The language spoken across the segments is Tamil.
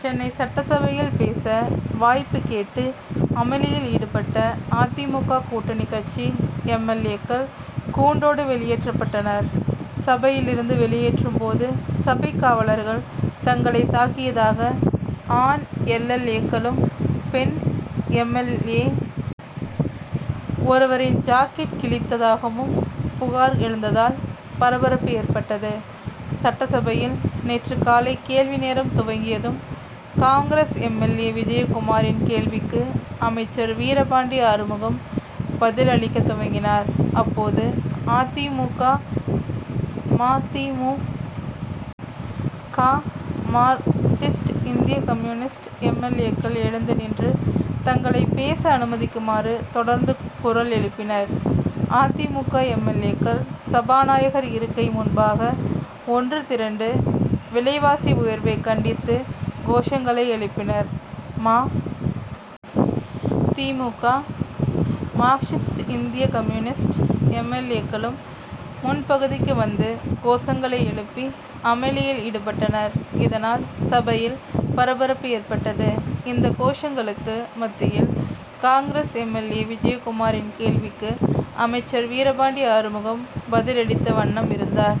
சென்னை சட்டசபையில் பேச வாய்ப்பு கேட்டு அமளியில் ஈடுபட்ட அ. தி. மு. க. கூட்டணிக் கட்சி எம். எல். ஏ.க்கள் கூண்டோடு வெளியேற்றப்பட்டனர். சபையில் இருந்து வெளியேற்றும்போது சபைக் காவலர்கள் தங்களை தாக்கியதாக ஆண் எல். எல். ஏ.க்களும் பெண் எம். எல். ஏ. ஒருவரின் ஜாக்கெட் கிழிந்ததாகவும் புகார் எழுந்ததால் பரபரப்பு ஏற்பட்டது. சட்டசபையில் நேற்று காலை கேள்வி நேரம் துவங்கியதும் காங்கிரஸ் எம். எல். ஏ. விஜயகுமாரின் கேள்விக்கு அமைச்சர் வீரபாண்டி ஆறுமுகம் பதில் அளிக்கத் துவங்கினார். அப்போது அ. தி. மு. க. ம. தி. மு. க. மார்க்சிஸ்ட் இந்திய கம்யூனிஸ்ட் எம். எல். ஏ.க்கள் எழுந்து நின்று தங்களை பேச அனுமதிக்குமாறு தொடர்ந்து குரல் எழுப்பினர். அ. தி. மு. க. எம். எல். ஏ.க்கள் சபாநாயகர் இருக்கை முன்பாக ஒன்று திரண்டு விலைவாசி உயர்வைக் கண்டித்து கோஷங்களை எழுப்பினர். ம. தி. மு. க. மார்க்சிஸ்ட் இந்திய கம்யூனிஸ்ட் எம். எல். ஏ.க்களும் முன்பகுதிக்கு வந்து கோஷங்களை எழுப்பி அமளியில் ஈடுபட்டனர். இதனால் சபையில் பரபரப்பு ஏற்பட்டது. இந்த கோஷங்களுக்கு மத்தியில் காங்கிரஸ் எம். எல். ஏ. விஜயகுமாரின் கேள்விக்கு அமைச்சர் வீரபாண்டி ஆறுமுகம் பதில் அளித்த வண்ணம் இருந்தார்.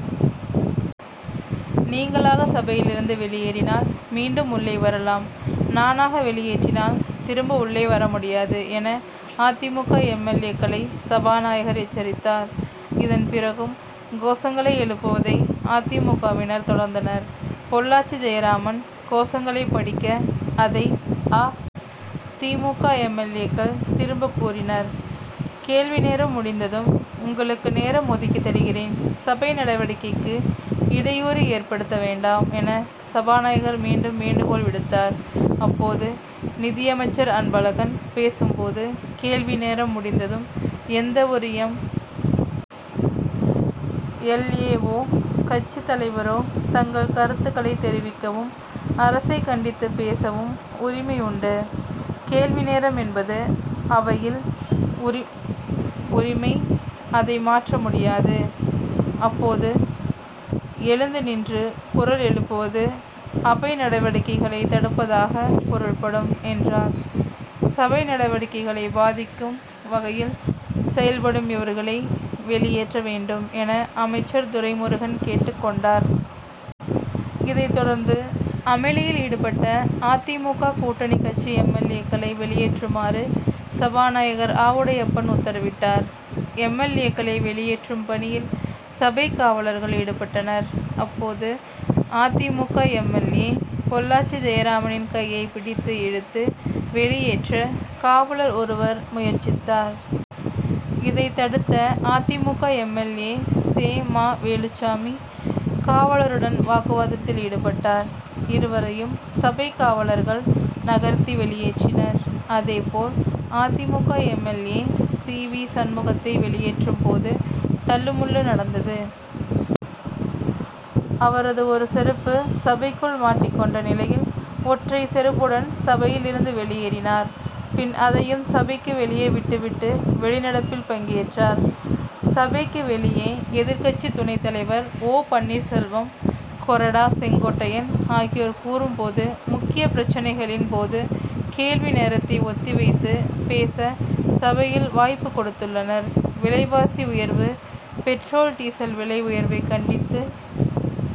நீங்களாக சபையில் இருந்து வெளியேறினால் மீண்டும் உள்ளே வரலாம். நானாக வெளியேற்றினால் திரும்ப உள்ளே வர முடியாது என அ. தி. மு. க. எம். எல். ஏ.க்களை சபாநாயகர் எச்சரித்தார். இதன் பிறகும் கோஷங்களை எழுப்புவதை அ. தி. மு. க.வினர் தொடர்ந்தனர். பொள்ளாச்சி ஜெயராமன் கோஷங்களை படிக்க அதை அ. தி. மு. க. எம். எல். ஏ.க்கள் திரும்ப கூறினர். கேள்வி நேரம் முடிந்ததும் உங்களுக்கு நேரம் ஒதுக்கித் தருகிறேன். சபை நடவடிக்கைக்கு இடையூறு ஏற்படுத்த வேண்டாம் என சபாநாயகர் மீண்டும் வேண்டுகோள் விடுத்தார். அப்போது நிதியமைச்சர் அன்பழகன் பேசும்போது கேள்வி நேரம் முடிந்ததும் எந்தவொரு எம். எல். ஏ.வோ கட்சித் தலைவரோ தங்கள் கருத்துகளை தெரிவிக்கவும் அரசை கண்டித்துப் பேசவும் உரிமை உண்டு. கேள்வி நேரம் என்பது அவையில் உரிமை. அதை மாற்ற முடியாது. இப்போது எழுந்து நின்று குரல் எழுப்புவது அவை நடவடிக்கைகளை தடுப்பதாக பொருள்படும் என்றார். சபை நடவடிக்கைகளை பாதிக்கும் வகையில் செயல்படும் இவர்களை வெளியேற்ற வேண்டும் என அமைச்சர் துரைமுருகன் கேட்டுக் கொண்டார். இதைத் தொடர்ந்து அமளியில் ஈடுபட்ட அ. தி. மு. க. கூட்டணிக் கட்சி எம். எல். ஏ.க்களை வெளியேற்றுமாறு சபாநாயகர் ஆவுடையப்பன் உத்தரவிட்டார். எம். எல். ஏ.க்களை வெளியேற்றும் பணியில் சபைக்காவலர்கள் ஈடுபட்டனர். அப்போது அ. தி. மு. க. எம். எல். ஏ. பொள்ளாச்சி ஜெயராமனின் கையைப் பிடித்து இழுத்து வெளியேற்ற காவலர் ஒருவர் முயற்சித்தார். இதை தடுத்த அ. தி. மு. க. எம். எல். ஏ. செ. ம. வேலுச்சாமி காவலருடன் வாக்குவாதத்தில் ஈடுபட்டார். இருவரையும் சபைக்காவலர்கள் நகர்த்தி வெளியேற்றினர். அதே போல் அ. தி. மு. க. M. L. A. C. V. சண்முகத்தை வெளியேற்றும்போது தள்ளுமுள்ளு நடந்தது. அவரது ஒரு செருப்பு சபைக்குள் மாட்டிக் கொண்ட நிலையில் ஒற்றை செருப்புடன் சபையில் இருந்து வெளியேறினார். பின் அதையும் சபைக்கு வெளியே விட்டு விட்டு வெளிநடப்பில் பங்கேற்றார். சபைக்கு வெளியே எதிர்க்கட்சி துணைத் தலைவர் ஓ. பன்னீர்செல்வம் கொறடா செங்கோட்டையன் ஆகியோர் கூறும்போது முக்கியப் பிரச்னைகளின் போது கேள்வி நேரத்தை ஒத்தி வைத்து பேச சபையில் வாய்ப்பு கொடுத்துள்ளனர். விலைவாசி உயர்வு பெட்ரோல் டீசல் விலை உயர்வைக் கண்டித்து